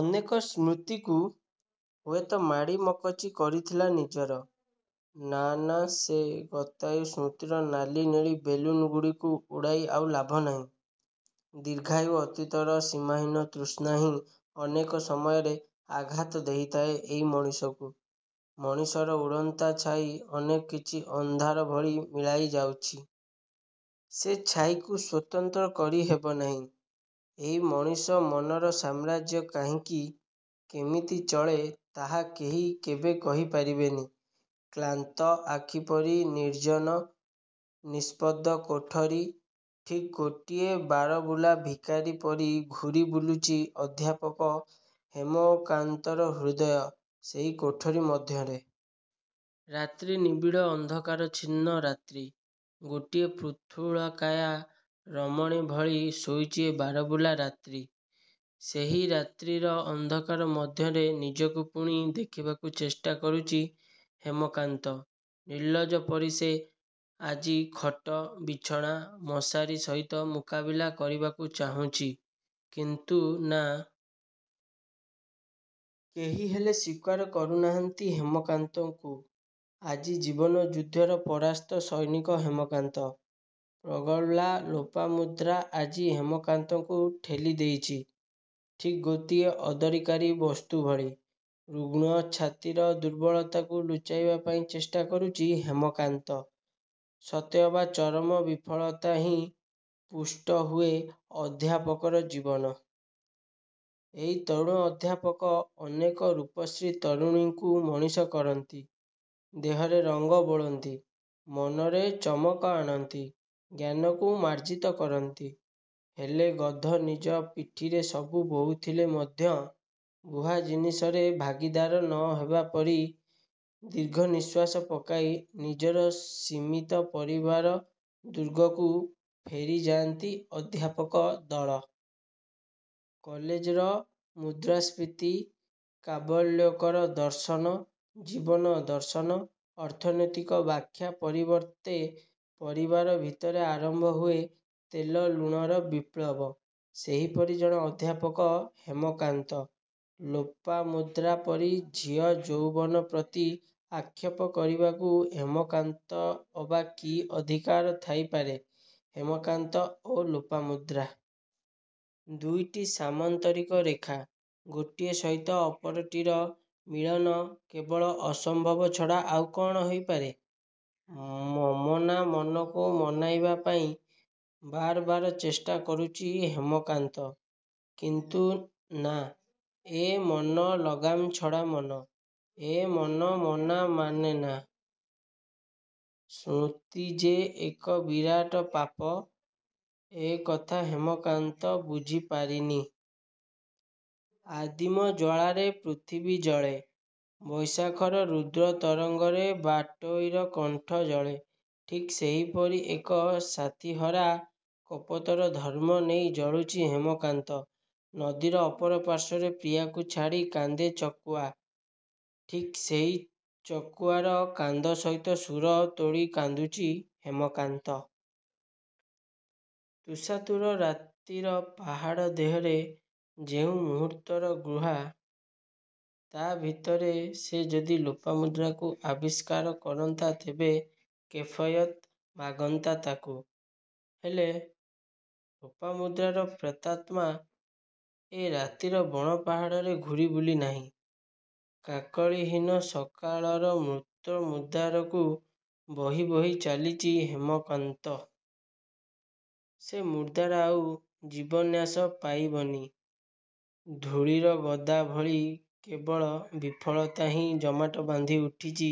ଅନେକ ସ୍ମୃତିକୁ ହୁଏତ ମାଡ଼ି ମକଚି କରିଥିଲା ନିଜର। ନାଁ ନାଁ ସେ ଗତାୟୁ ସ୍ମୃତିର ନାଲି ନେଳି ବେଲୁନ୍ ଗୁଡ଼ିକୁ ଉଡ଼ାଇ ଆଉ ଲାଭ ନାହିଁ-। ଦୀର୍ଘାୟୁ ଅତୀତର ସୀମାହୀନ ତୃଷ୍ଣା ହିଁ ଅନେକ ସମୟରେ ଆଘାତ ଦେଇଥାଏ ଏଇ ମଣିଷକୁ-। ମଣିଷର ଉଡ଼ନ୍ତା ଛାଇ ଅନେକ କିଛି ଅନ୍ଧାର ଭଳି ମିଳାଇ ଯାଉଛି। ସେ ଛାଇକୁ ସ୍ୱତନ୍ତ୍ର କରି ହେବନାହିଁ। ଏଇ ମଣିଷ ମନର ସାମ୍ରାଜ୍ୟ କାହିଁକି... କେମିତି ଚଳେ—ତାହା କେହି କେବେ କହି ପାରିବେନି। କ୍ଲାନ୍ତ ଆଖିପରି ନିର୍ଜନ, ନିଃଶବ୍ଦ କୋଠରୀ। ଠିକ୍ ଗୋଟିଏ ବାରବୁଲା ଭିକାରୀ ପରି ଘୁରି ବୁଲୁଛି ଅଧ୍ୟାପକ ହେମକାନ୍ତର ହୃଦୟ ସେହି କୋଠରୀ ମଧ୍ୟରେ। ରାତ୍ରି ନିବିଡ଼ ଅନ୍ଧକାରାଚ୍ଛନ୍ନ ରାତ୍ରି... ଗୋଟିଏ ପୃଥୁଳକାୟା ରମଣୀ ଭଳି ଶୋଇଛି ଏ ବାରବୁଲା ରାତ୍ରି। ସେହି ରାତ୍ରିର ଅନ୍ଧକାର ମଧ୍ୟରେ ନିଜକୁ ପୁଣି ଦେଖିବାକୁ ଚେଷ୍ଟା କରୁଛି ହେମକାନ୍ତ। ନିର୍ଲଜ ପରି ସେ ଆଜି ଖଟ, ବିଛଣା, ମଶାରୀ ସହିତ ମୁକାବିଲା କରିବାକୁ ଚାହୁଁଛି, କିନ୍ତୁ ନାଁ... କେହିହେଲେ ସ୍ୱୀକାର କରୁନାହାଁନ୍ତି ହେମକାନ୍ତକୁ। ଆଜି ଜୀବନ ଯୁଦ୍ଧର ପରାସ୍ତ ସୈନିକ ହେମକାନ୍ତ। ପ୍ରଗଳ୍ଭା ଲୋପାମୁଦ୍ରା ଆଜି ହେମକାନ୍ତକୁ ଠେଲି ଦେଇଛି—ଠିକ୍ ଗୋଟିଏ ଅଦରକାରୀ ବସ୍ତୁ ଭଳି। ରୁଗ୍ଣ ଛାତିର ଦୁର୍ବଳତାକୁ ଲୁଚାଇବାପାଇଁ ଚେଷ୍ଟା କରୁଛି ହେମକାନ୍ତ। ସତେ ଅବା ଚରମ ବିଫଳତାରେ ହିଁ ପୁଷ୍ଟ ହୁଏ ଅଧ୍ୟାପକର ଜୀବନ। ଏଇ ତରୁଣ ଅଧ୍ୟାପକ... ଅନେକ ରୂପସୀ ତରୁଣୀଙ୍କୁ ମଣିଷ କରନ୍ତି। ଦେହରେ ରଙ୍ଗ ବୋଳନ୍ତି। ମନରେ ଚମକ ଆଣନ୍ତି। ଜ୍ଞାନକୁ ମାର୍ଜିତ କରନ୍ତି। ହେଲେ ଗଧ ନିଜ ପିଠିରେ ସବୁ ବହୁଥିଲେ ମଧ୍ୟ, ବୁହା ଜିନିଷରେ ଭାଗୀଦାର ନ ହେବା ପରି, ଦୀର୍ଘ ନିଃଶ୍ୱାସ ପକାଇ ନିଜର ସୀମିତ ପରିବାର ଦୁର୍ଗକୁ ଫେରିଯାଆନ୍ତି ଅଧ୍ୟାପକ ଦଳ। କଲେଜର... ମୁଦ୍ରାସ୍ଫୀତି, କାବ୍ୟାଲୋକର ଦର୍ଶନ, ଜୀବନ ଦର୍ଶନ, ଆର୍ଥନୀତିକ ବ୍ୟାଖ୍ୟା ପରିବର୍ତ୍ତେ ପରିବାର ଭିତରେ ଆରମ୍ଭ ହୁଏ ତେଲ ଲୁଣର ବିପ୍ଳବ। ସେହିପରି ଜଣେ ଅଧ୍ୟାପକ ହେମକାନ୍ତ। ଲୋପାମୁଦ୍ରା ପରି ଝିଅର ଯୌବନ ପ୍ରତି ଆକ୍ଷେପ କରିବାକୁ ହେମକାନ୍ତର ଅବା କି ଅଧିକାର ଥାଇପାରେ। ହେମକାନ୍ତ ଓ ଲୋପାମୁଦ୍ରା। ଦୁଇଟି ସାମନ୍ତରିକ ରେଖା। ଗୋଟିଏ ସହିତ ଅପରଟିର ମିଳନ କେବଳ ଅସମ୍ଭବ ଛଡ଼ା ଆଉ କ'ଣ ହୋଇପାରେ? ଅମନା ମନକୁ ମନାଇବା ପାଇଁ ବାରବାର ଚେଷ୍ଟା କରୁଛି ହେମକାନ୍ତ। କିନ୍ତୁ..। ନାଁ... ଏ ମନ ଲଗାମ୍ ଛଡ଼ା ମନ। ଏ ମନ ମନା ମାନେନା। ସ୍ମୃତି ଯେ ଏକ ବିରାଟ ପାପ, ଏ କଥା ହେମକାନ୍ତ ବୁଝି ପାରିନି। ଆଦିମ ଜ୍ୱଳାରେ ପୃଥିବୀ ଜଳେ। ବୈଶାଖର ରୁଦ୍ର ତରଙ୍ଗରେ ବାଟୋଇର କଣ୍ଠ ଜଳେ। ଠିକ୍ ସେହିପରି ଏକ ସାଥୀହରା କପୋତର ଧର୍ମ ନେଇ ଜଳୁଛି ହେମକାନ୍ତ। ନଦୀର ଅପର ପାର୍ଶ୍ୱରେ ପ୍ରିୟାକୁ ଛାଡ଼ି କାନ୍ଦେ ଚକୁଆ। ଠିକ୍ ସେହି ଚକୁଆର କାନ୍ଦ ସହିତ ସୁର ତୋଳି କାନ୍ଦୁଛି ହେମାକନ୍ତ। ତୃଷାତୁର ରାତିର ପାହାଡ଼ ଦେହରେ ଯେଉଁ ମୁହୂର୍ତ୍ତର ଗୃହା... ତା ଭିତରେ ସେ ଯଦି ଲୋପାମୁଦ୍ରାକୁ ଆବିଷ୍କାର କରନ୍ତା ତେବେ କୈଫୟତ୍ ମାଗନ୍ତା ତାକୁ-। ହେଲେ... ଲୋପାମୁଦ୍ରାର ପ୍ରତାତ୍ମା। ଏ ରାତିର ବଣ ପାହାଡ଼ରେ ଘୂରି ବୁଲିନାହିଁ। କାକଳୀହୀନ ସକାଳର ମୃତ ମୁର୍ଦ୍ଦାରକୁ ବହି ବହି ଚାଲିଛି ହେମକାନ୍ତ। ସେ ମୂର୍ଦ୍ଦାର ଆଉ ଜୀବନ୍ୟାସ ପାଇବନି-। ଧୂଳିର ଗଦା ଭଳି କେବଳ ବିଫଳତା ହିଁ ଜମାଟ ବାନ୍ଧି ଉଠୁଛି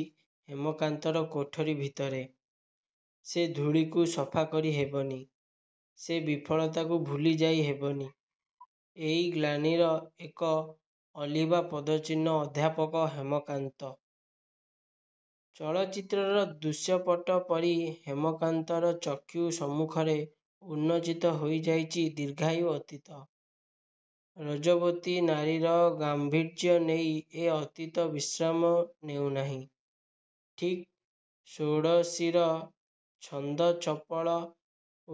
ହେମକାନ୍ତର କୋଠରୀ ଭିତରେ-। ସେ ଧୂଳିକୁ ସଫାକରି ହେବନି। ସେ ବିଫଳତାକୁ ଭୁଲି ଯାଇ ହେବନି। ଏଇ ଗ୍ଲାନିର ଏକ ଅଲିଭା ପଦଚିହ୍ନ ଅଧ୍ୟାପକ ହେମକାନ୍ତ। ଚଳଚିତ୍ରର ଦୃଶ୍ୟପଟ ପରି ହେମକାନ୍ତର ଚକ୍ଷୁ ସମ୍ମୁଖରେ ଉନ୍ନୋଚିତ ହୋଇଯାଉଛି ଦୀର୍ଘାୟୁ ଅତୀତ। ରଜୋବତୀ ନାରୀର ଗାମ୍ଭୀର୍ଯ୍ୟ ନେଇ ଏ ଅତୀତ ବିଶ୍ରାମ ନେଉନାହିଁ। ଠିକ୍ ଷୋଡ଼ଶୀର ଛନ୍ଦଚପଳ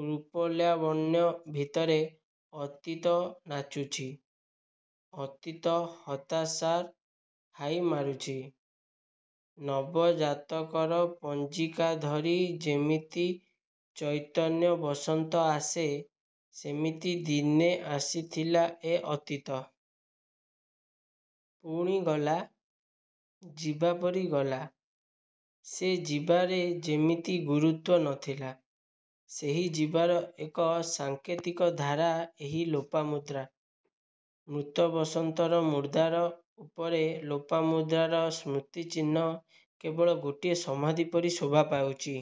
ରୂପଲାବଣ୍ୟ ଭିତରେ ଅତୀତ ନାଚୁଛି.. ଅତୀତ ହତାଶାର ହାଇ ମାରୁଛି। ନବ ଜାତକର ପଞ୍ଜିକା ଧରି ଯେମିତି ଚଇତର ବସନ୍ତ ଆସେ, ସେମିତି ଦିନେ ଆସିଥିଲା ଏ ଅତୀତ। ପୁଣି ଗଲା.. ଯିବାପରି ଗଲା। ସେ ଯିବାରେ ଯେମିତି ଗୁରୁତ୍ୱ ନ ଥିଲା। ସେହି ଯିବାର ଏକ ସାଙ୍କେତିକ ଧାରା ଏହି ଲୋପାମୁଦ୍ରା। ମୃତ ବସନ୍ତର ମୁର୍ଦ୍ଦାର ଉପରେ ଲୋପାମୁଦ୍ରାର ସ୍ମୃତି ଚିହ୍ନ କେବଳ ଗୋଟିଏ ସମାଧି ପରି ଶୋଭା ପାଉଛି।